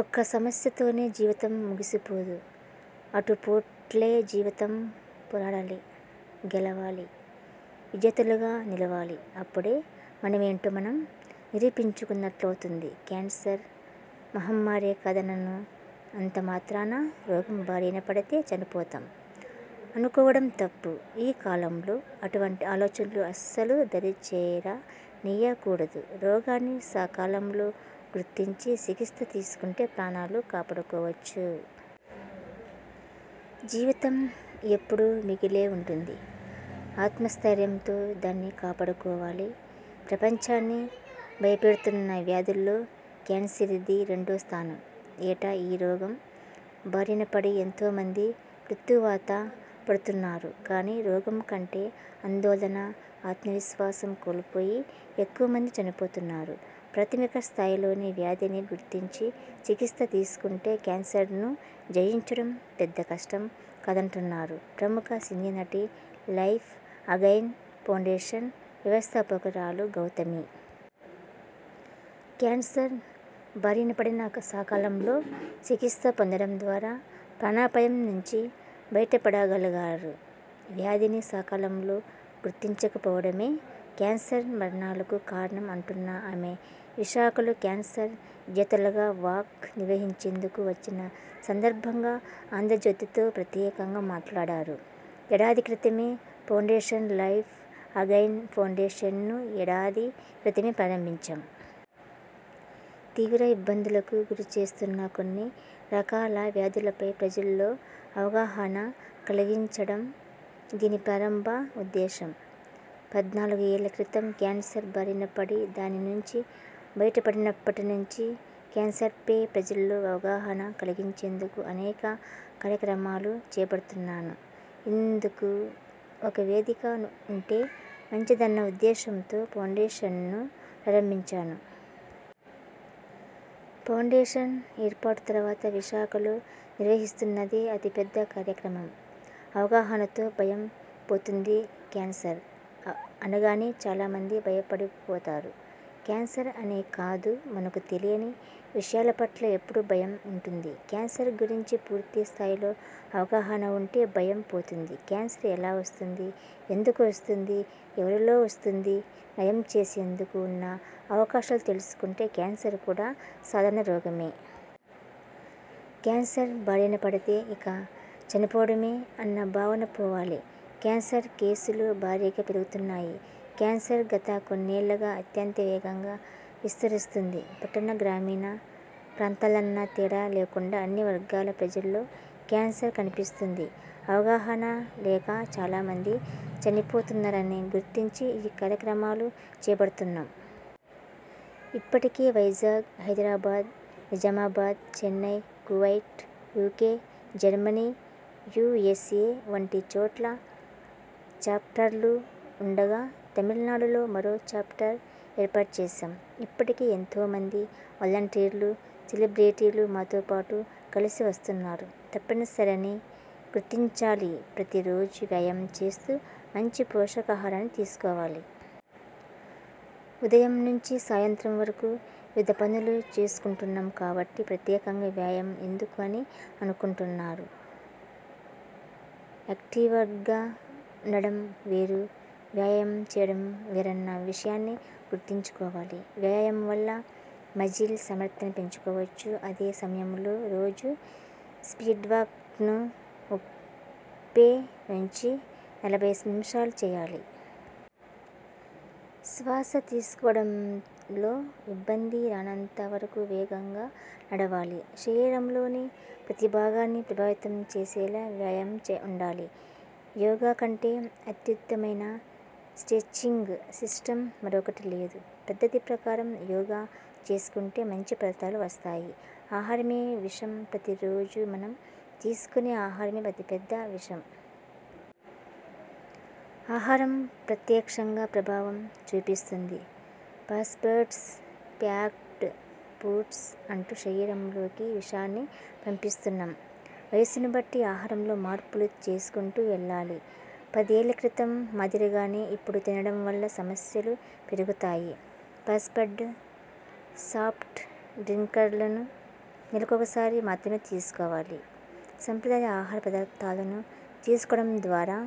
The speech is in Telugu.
ఒక్క సమస్యతోనే జీవితం ముగిసిపోదు. ఆటుపోట్లే జీవితం పోరాడాలి, గెలవాలి, విజేతలుగా నిలవాలి. అప్పుడే మనమేంటో మనం నిరూపించుకున్నట్లవుతుంది. కేన్సర్ మహమ్మారేకాదనను. అంతమాత్రాన రోగం బారిన పడితే చనిపోతాం అనుకోవడం తప్పు. ఈ కాలంలో అటువంటి ఆలోచన అస్సలు దరిచేర నీయకూడదు. రోగాన్ని సకాలంలో గుర్తించి చికిత్స తీసుకుంటే ప్రాణాలు కాపాడుకోవచ్చు. జీవితం ఎప్పుడూ మిగిలే ఉంటుంది. ఆత్మస్థైర్యంతో దాన్ని కాపాడుకోవాలి. ప్రపంచాన్ని భయపెడుతున్న వ్యాధుల్లో కేన్సర్ది రెండో స్థానం. ఏటా ఈ రోగం బారినపడి ఎంతోమంది మృత్యువాత పడుతున్నారు. కానీ రోగం కంటే ఆందోళన, ఆత్మవిశ్వాసం కోల్పోయి ఎక్కువ మంది చనిపోతున్నారు. ప్రాథమిక స్థాయిలోనే వ్యాధిని గుర్తించి చికిత్స తీసుకుంటే కేన్సర్ను జయించడం పెద్ద కష్టం కాదంటున్నారు ప్రముఖ సినీనటి, 'లైఫ్ అగైన్' ఫౌండేషన్ వ్యవస్థాపకురాలు గౌతమి. కేన్సర్ బారినపడినా సకాలంలో చికిత్స పొందడం ద్వారా ప్రాణాపాయం నుంచి బయటపడగలిగారు. వ్యాధిని సకాలంలో గుర్తించక పోవడమే కేన్సర్ మరణాలకు కారణం అంటున్న ఆమె విశాఖలో 'కేన్సర్ విజేతల వాక్' నిర్వహించేందుకు వచ్చిన సందర్భంగా 'ఆంధ్రజ్యోతి'తో ప్రత్యేకంగా మాట్లాడారు. ఏడాది క్రితమే ఫౌండేషన్'లైఫ్ అగైన్' ఫౌండేషన్ను ఏడాది క్రితమే ప్రారంభించాం. తీవ్ర ఇబ్బందులకు గురిచేస్తున్న కొన్ని రకాల వ్యాధులపై ప్రజల్లో అవగాహన కలిగించడం దీని ప్రారంభ ఉద్దేశం. పద్నాలుగు ఏళ్ల క్రితం కేన్సర్ బారిన పడి దాని నుంచి బయటపడినప్పటి నుంచి కేన్సర్పై ప్రజల్లో అవగాహన కలిగించేందుకు అనేక కార్యక్రమాలు చేపడుతున్నాను. ఇందుకు ఒక వేదిక ఉంటే మంచిదన్న ఉద్దేశంతో ఫౌండేషన్ను ప్రారంభించాను. ఫౌండేషన్ ఏర్పాటు తర్వాత విశాఖలో నిర్వహిస్తున్నదే అతి పెద్ద కార్యక్రమం. అవగాహనతో భయం పోతుందికేన్సర్ అనగానే చాలామంది భయపడిపోతారు. కేన్సర్ అనే కాదు మనకు తెలియని విషయాలపట్ల ఎప్పుడూ భయం ఉంటుంది. కేన్సర్ గురించి పూర్తి స్థాయిలో అవగాహన ఉంటే భయం పోతుంది. కేన్సర్ ఎలా వస్తుంది, ఎందుకు వస్తుంది, ఎవరిలో వస్తుంది, నయం చేసుకునేందుకు ఉన్న అవకాశాలు తెలుసుకుంటే కేన్సర్ కూడా సారణ రోగమే. కేన్సర్ బారిన పడితే ఇక చనిపోవడమే అన్న భావన పోవాలి. కేన్సర్ కేసులు భారీగా పెరుగుతున్నాయి కేన్సర్ గత కొన్నేళ్లుగా అత్యంత వేగంగా విస్తరిస్తోంది. పట్టణ, గ్రామీణ ప్రాంతాలన్న తేడా లేకుండా అన్ని వర్గాల ప్రజల్లో కేన్సర్ కనిపిస్తోంది. అవగాహన లేక చాలామంది చనిపోతున్నారని గుర్తించి ఈ కార్యక్రమాలు చేపడుతున్నాం. ఇప్పటికే Vizag, Hyderabad, Nizamabad, Chennai, Kuwait, UK, Germany, USA వంటి చోట్ల చాప్టర్లు ఉండగా, తమిళనాడులో మరో చాప్టర్ ఏర్పాటుచేశాం. ఇప్పటికే ఎంతోమంది వలంటీర్లు, సెలబ్రిటీలు మాతో పాటు కలిసి వస్తున్నారు. తప్పనిసరని గుర్తించాలిప్రతి రోజూ వ్యాయామం చేస్తూ మంచి పోషకాహారాన్ని తీసుకోవాలి. ఉదయం నుంచి సాయంత్రం వరకు వివిధ పనులు చేసుకుంటున్నాం కాబట్టి ప్రత్యేకంగా వ్యాయామం ఎందుకు అని అనుకుంటారు. యాక్టివ్గా ఉండడం వేరు, వ్యాయామం చేయడం వేరన్న విషయాన్ని గుర్తుంచుకోవాలి. వ్యాయామం వల్ల మజిల్ సామర్థ్యాన్ని పెంచుకోవచ్చు. అదే సమయంలో రోజూ స్పీడ్వాక్ను ముప్పై నుంచి నలభై నిమిషాలు చేయాలి. శ్వాసతీసుకోవడంలో ఇబ్బంది రానంత వరకు వేగంగా నడవాలి. శరీరంలోని ప్రతిభాగాన్ని ప్రభావితం చేసేలా వ్యాయామం ఉండాలి. యోగాకంటే అత్యుత్తమమైన స్టెచ్చింగ్ సిస్టమ్ మరొకటి లేదు. పద్ధతి ప్రకారం యోగా చేసుకుంటే మంచి ఫలితాలు వస్తాయి. ఆహారమే విషం ప్రతి రోజూ మనం తీసుకునే ఆహారమే అతి పెద్ద విషం. ఆహారం ప్రత్యక్షంగా ప్రభావం చూపిస్తుంది. ఫాస్ట్ఫుడ్స్, ప్యాక్డ్ ఫుడ్స్ అంటూ శరీరంలోకి విషాన్ని పంపిస్తున్నాం. వయసును బట్టి ఆహారంలో మార్పులు చేసుకుంటూ వెళ్లాలి. పదేళ్ల క్రితం మాదిరిగానే ఇప్పుడు తినడం వల్ల సమస్యలు పెరుగుతాయి. ఫాస్ట్ఫుడ్, సాఫ్ట్ డ్రింక్లను నెలకోసారి మాత్రమే తీసుకోవాలి. సంప్రదాయ ఆహార పదార్థాలను తీసుకోవడం ద్వారా